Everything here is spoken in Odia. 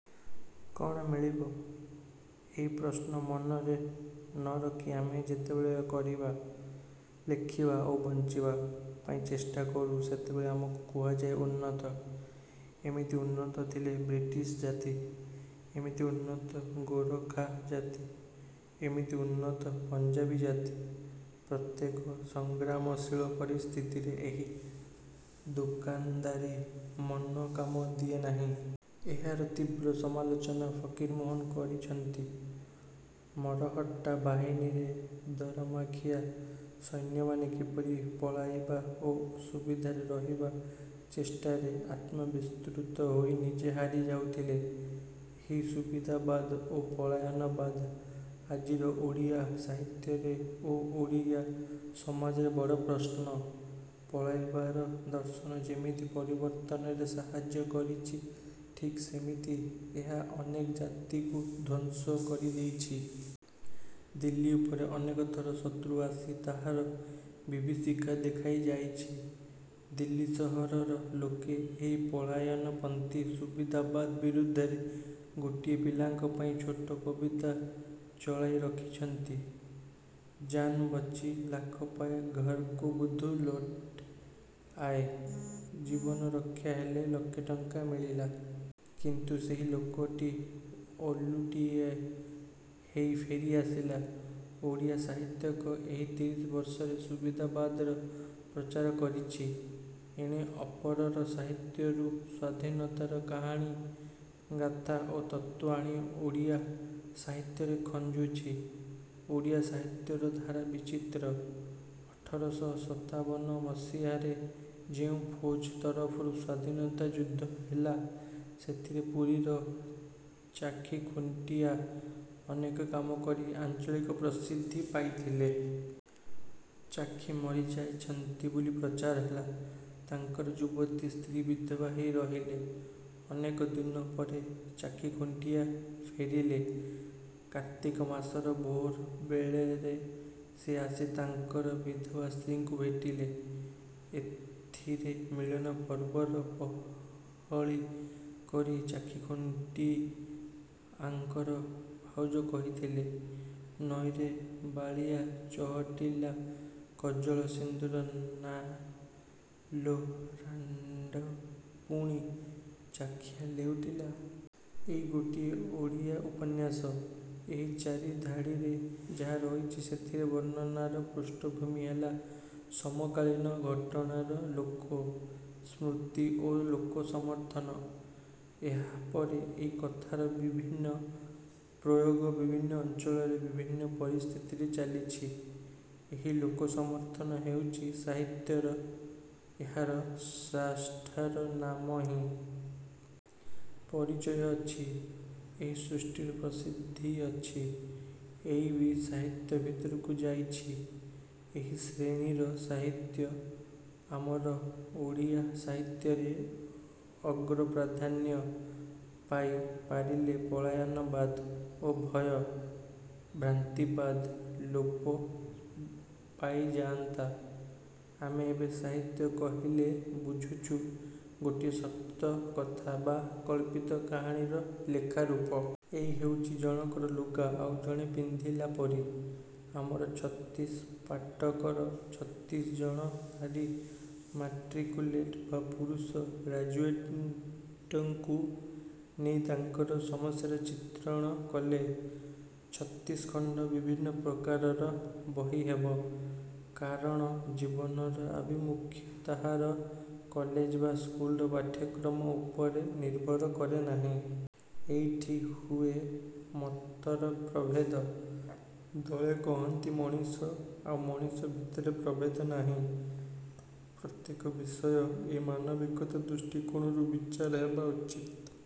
କ'ଣ ମିଳିବ? -ଏହି ପ୍ରଶ୍ନ ମନରେ ନ ରଖି ଆମେ ଯେତେବେଳେ କରିବା, ଲେଖିବା ଓ ବଞ୍ଚିବା ପାଇଁଚେଷ୍ଟା କରୁ ସେତେବେଳେ ଆମକୁ କୁହାଯାଏ ଉନ୍ନତ। ଏମିତି ଉନ୍ନତ ଥିଲେ ବ୍ରିଟିଶ ଜାତି। ଏମିତି ଉନ୍ନତ ଗୋରଖା ଜାତି। ଏମିତି ଉନ୍ନତ ପଞ୍ଜାବୀ ଜାତି। ପ୍ରତ୍ୟେକ ସଂଗ୍ରାମଶୀଳ ପରିସ୍ଥିତିରେ ଏହି ଦୋକାନଦାରୀ ମନ କାମ ଦିଏ ନାହିଁ। ଏହାର ତୀବ୍ର ସମାଲୋଚନା ଫକୀରମୋହନ କରିଛନ୍ତି। ମରହଟ୍ଟା ବାହିନୀରେ ଦରମାଖିଆ ସୈନ୍ୟମାନେ କିପରି ପଳାଇବା ଓ ସୁବିଧାରେ ରହିବା ଚେଷ୍ଟାରେ ଆତ୍ମବିସ୍ମୃତ ହୋଇ ନିଜେ ହାରି ଯାଉଥିଲେ। ଏହି ସୁବିଧାବାଦ ଓ ପଳାୟନବାଦ ଆଜିର ଓଡ଼ିଆ ସାହିତ୍ୟରେ ଓ ଓଡ଼ିଆ ସମାଜରେ ବଡ଼ ପ୍ରଶ୍ନ। ପଳାଇବାର ଦର୍ଶନ ଯେମିତି ପରିବର୍ତ୍ତନରେ ସାହାଯ୍ୟ କରିଛି ଠିକ୍ ସେମିତି ଏହା ଅନେକ ଜାତିକୁ ଧ୍ୱଂସ କରି ଦେଇଛି। ଦିଲ୍ଲୀ ଉପରେ ଅନେକଥର ଶତ୍ରୁ ଆସି ତାହାର ବିଭୀଷିକା ଦେଖାଇ ଯାଇଛି। ଦିଲ୍ଲୀ ସହରର ଲୋକେ ଏହି ପଳାୟନପନ୍ଥୀ ସୁବିଧାବାଦ ବିରୁଦ୍ଧରେ ଗୋଟିଏ ପିଲାଙ୍କ ପାଇଁ ଛୋଟ କବିତା ଚଳାଇ ରଖିଛନ୍ତି- ଜାନ୍ ବଚ୍ଚି ଲାଖୋ ପାଇ ଘରକୋ ବୁଦ୍ଧୁ ଲୌଟ୍ ଆଇ। ଜୀବନ ରକ୍ଷା ହେଲେ ଲକ୍ଷେ ଟଙ୍କା ମିଳିଲା। କିନ୍ତୁ ସେହି ଲୋକଟି ଓଲୁଟିଏ ହେଇ ଫେରି ଆସିଲା। ଓଡ଼ିଆ ସାହିତ୍ୟିକ ଏହି ତିରିଶିବର୍ଷରେ ସୁବିଧାବାଦର ପ୍ରଚାର କରିଛି। ଏଣେ ଅପରର ସାହିତ୍ୟରୁ ସ୍ୱାଧୀନତାର କାହାଣୀ, ଗାଥା ଓ ତତ୍ତ୍ୱ ଆଣି ଓଡ଼ିଆ ସାହିତ୍ୟରେ ଖଞ୍ଜୁଛି। ଓଡ଼ିଆ ସାହିତ୍ୟର ଧାରା ବିଚିତ୍ର। ଅଠରଶହ ସତାବନ ମସିହାରେ ଯେଉଁ ଫୌଜ ତରଫରୁ ସ୍ୱାଧୀନତା ଯୁଦ୍ଧ ହେଲା ସେଥିରେ ପୁରୀର ଚାଖି ଖୁଣ୍ଟିଆ ଅନେକ କାମ କରି ଆଞ୍ଚଳିକ ପ୍ରସିଦ୍ଧି ପାଇଥିଲେ। ଚାଖି ମରିଯାଇଛନ୍ତି ବୋଲି ପ୍ରଚାର ହେଲା। ତାଙ୍କର ଯୁବତୀ ସ୍ତ୍ରୀ ବିଧବା ହେଇ ରହିଲେ। ଅନେକ ଦିନ ପରେ ଚାଖିଖୁଣ୍ଟିଆ ଫେରିଲେ। କାର୍ତ୍ତିକ ମାସର ଭୋର ବେଳରେ ସେ ଆସି ତାଙ୍କର ବିଧବା ସ୍ତ୍ରୀଙ୍କୁ ଭେଟିଲେ। ଏଥିରେ ମିଳନ ପର୍ବର ପହଳି କରି ଚାଖିଖୁଣ୍ଟି ଆଙ୍କର ଭାଉଜ କହିଥିଲେ- ନଈରେ ବାଳିଆ ଚହଟିଲା କଜଳ ସିନ୍ଦୂର ନାଆ ଲୋ ରାଣ୍ତ ପୁଣି ଚାଖିଆ ଲେଉଟିଲା। ଇଏ ଗୋଟିଏ ଓଡ଼ିଆ ଉପନ୍ୟାସ। ଏହି ଚାରିଧାଡ଼ିରେ ଯାହା ରହିଛି ସେଥିରେ ବର୍ଣ୍ଣନାର ପୃଷ୍ଠଭୂମି ହେଲା ସମକାଳୀନ ଘଟଣାର ଲୋକ-ଶୃତି ଓ ଲୋକ-ସମର୍ଥନ। ଏହାପରେ ଏହି କଥାର ବିଭିନ୍ନ ପ୍ରୟୋଗ ବିଭିନ୍ନ ଅଞ୍ଚଳରେ ବିଭିନ୍ନ ପରିସ୍ଥିତିରେ ଚାଲିଛି। ଏହି ଲୋକ-ସମର୍ଥନ ହେଉଛି ସାହିତ୍ୟର। ଏହାର ସ୍ରଷ୍ଟାର ନାମ ନାହିଁ। ପରିଚୟ ଅଛି। ଏହି ସୃଷ୍ଟିର ପ୍ରସିଦ୍ଧି ଅଛି। ଇଏ ବି ସାହିତ୍ୟ ଭିତରକୁ ଯାଇଛି। ଏହି ଶ୍ରେଣୀର ସାହିତ୍ୟ ଆମର ଓଡ଼ିଆ ସାହିତ୍ୟରେ ଅଗ୍ରପ୍ରାଧାନ୍ୟ ପାଇ ପାରିଲେ ପଳାୟନବାଦ ଓ ଭୟ-ଭ୍ରାନ୍ତିବାଦ ଲୋପ ପାଇଯାନ୍ତା। ଆମେ ଏବେ ସାହିତ୍ୟ କହିଲେ ବୁଝୁଛୁ ଗୋଟିଏ ସତକଥା ବା କଳ୍ପିତ କାହାଣୀର ଲେଖାରୂପ। ଇଏ ହେଉଛି ଜଣକର ଲୁଗା ଆଉ ଜଣେ ପିନ୍ଧିଲା ପରି। ଆମର ଛତିଶ ପାଟକର ଛତିଶଜଣ ନାରୀ ମାଟ୍ରିକୁଲେଟ୍ ବା ପୁରୁଷ ଗ୍ରାଜୁଏଟଙ୍କୁ ନେଇ ତାଙ୍କର ସମସ୍ୟାର ଚିତ୍ରଣ କଲେ ଛତିଶଖଣ୍ତ ବିଭିନ୍ନ ପ୍ରକାରର ବହି ହେବ। କାରଣ ଜୀବନର ଆଭିମୁଖ୍ୟ ତାହାର କଲେଜ ବା ସ୍କୁଲର ପାଠ୍ୟକ୍ରମ ଉପରେ ନିର୍ଭର କରେ ନାହିଁ। ଏଇଠି ହୁଏ ମତର ପ୍ରଭେଦ।। ଦଳେ କହନ୍ତି ମଣିଷ ଆଉ ମଣିଷ ଭିତରେ ପ୍ରଭେଦ ନାହିଁ। ପ୍ରତ୍ୟେକ ବିଷୟ ଏହି ମାନବିକତା ଦୃଷ୍ଟି କୋଣରୁ ବିଚାର ହେବା ଉଚିତ୍।